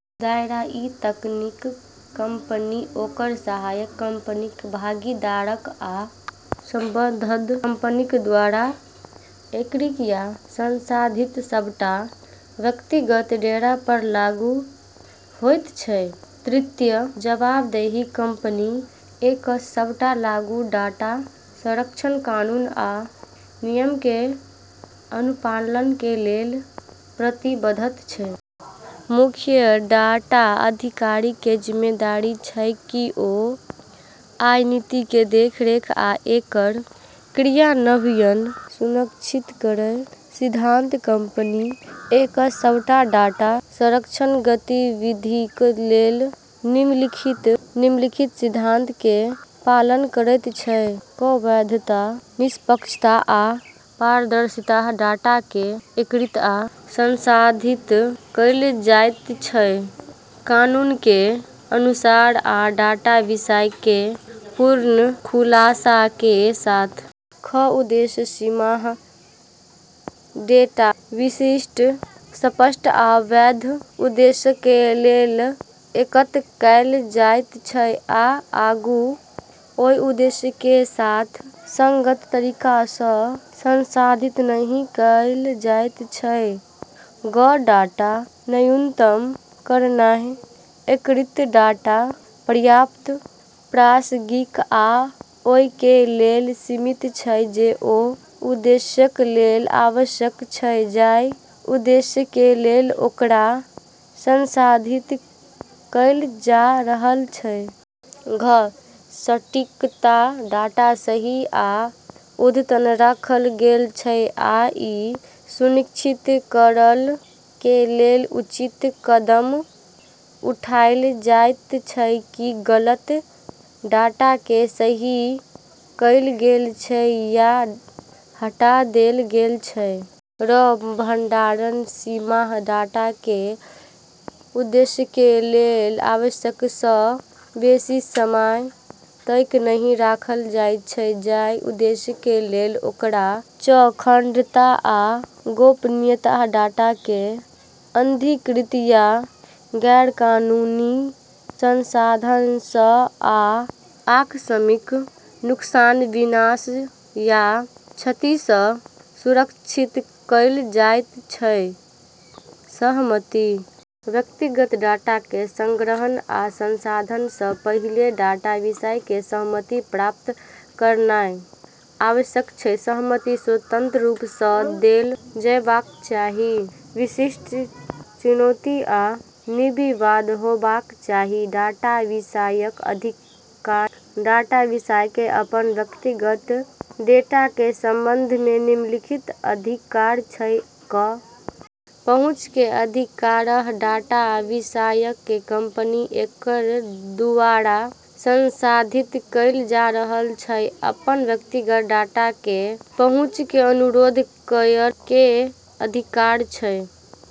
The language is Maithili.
दायरा इ नीति कंपनी, ओकर सहायक कंपनीक, भागीदारक आ संबद्ध कंपनीक दूवारा एकत्रित या संसाधित सबटा व्यक्तिगत डेटा पर लागू होयत छै। तृतीय। जवाबदेही कंपनी एक्स सबटा लागू डाटा संरक्षण कानून आ नियमक के अनुपालन के लेल प्रतिबद्ध छै। मुख्य डाटा अधिकारी के जिम्मेदारी छै कि ओ अइ नीति के देखरेख आ एकर क्रियान्वयन सुनिश्चित करय। सिद्धांत कंपनी एक्स सबटा डाटा संरक्षण गतिविधियक के लेल निम्नलिखित सिद्धांतक के पालन करयत छै: क. वैधता, निष्पक्षता, आ पारदर्शिता: डाटा के एकत्रित आ संसाधित कैल जायत छै कानून के अनुसार आ डाटा विषय के पूर्ण खुलासा के साथ। ख. उद्देश्य सीमा: डेटा विशिष्ट, स्पष्ट आ वैध उद्देश्यक के लेल एकत्र कैल जायत छै आ आगू ओय उद्देश्यक के साथ असंगत तरीका सं संसाधित नहि कैल जायत छै। ग. डाटा न्यूनतम करनाय: एकत्रित डाटा पर्याप्त, प्रासंगिक आ ओय के लेल सीमित छै जे ओय उद्देश्यक के लेल आवश्यक छै जइ उद्देश्यक के लेल ओकरा संसाधित कैल जा रहल छै। घ. सटीकता: डाटा सही आ अद्यतन राखल गेल छै, आ इ सुनिश्चित करय के लेल उचित कदम उठाएल जायत छै कि गलत डाटा के सही कैल गेल छै या हटा देल गेल छै। ङ. भंडारण सीमा: डाटा के ओय उद्देश्यक के लेल आवश्यक सं बेसि समय तइक नहि राखल जायत छै जइ उद्देश्यक के लेल ओकरा संसाधित कैल जा रहल छै। च. अखंडता आ गोपनीयता: डाटा के अनधिकृत या गैरकानूनी संसाधन सं आ आकस्मिक नुकसान, विनाश, या क्षति सं सुरक्षित कैल जायत छै। सहमति व्यक्तिगत डाटा के संग्रहण आ संसाधन सं पहिले डाटा विषय के सहमति प्राप्त करनाय आवश्यक छै। सहमति स्वतंत्र रूप सं देल जेबाक चाही, विशिष्ट, सूचित आ निर्विवाद होबाक चाही। डाटा विषयक अधिकार डाटा विषयक के अपन व्यक्तिगत डेटा के संबंध मे निम्नलिखित अधिकार छै: क. पहुंच के अधिकार: डाटा विषयक के कंपनी एक्स दूवारा संसाधित कैल जा रहल अपन व्यक्तिगत डाटा के पहुंच के अनुरोध करय के अधिकार छै।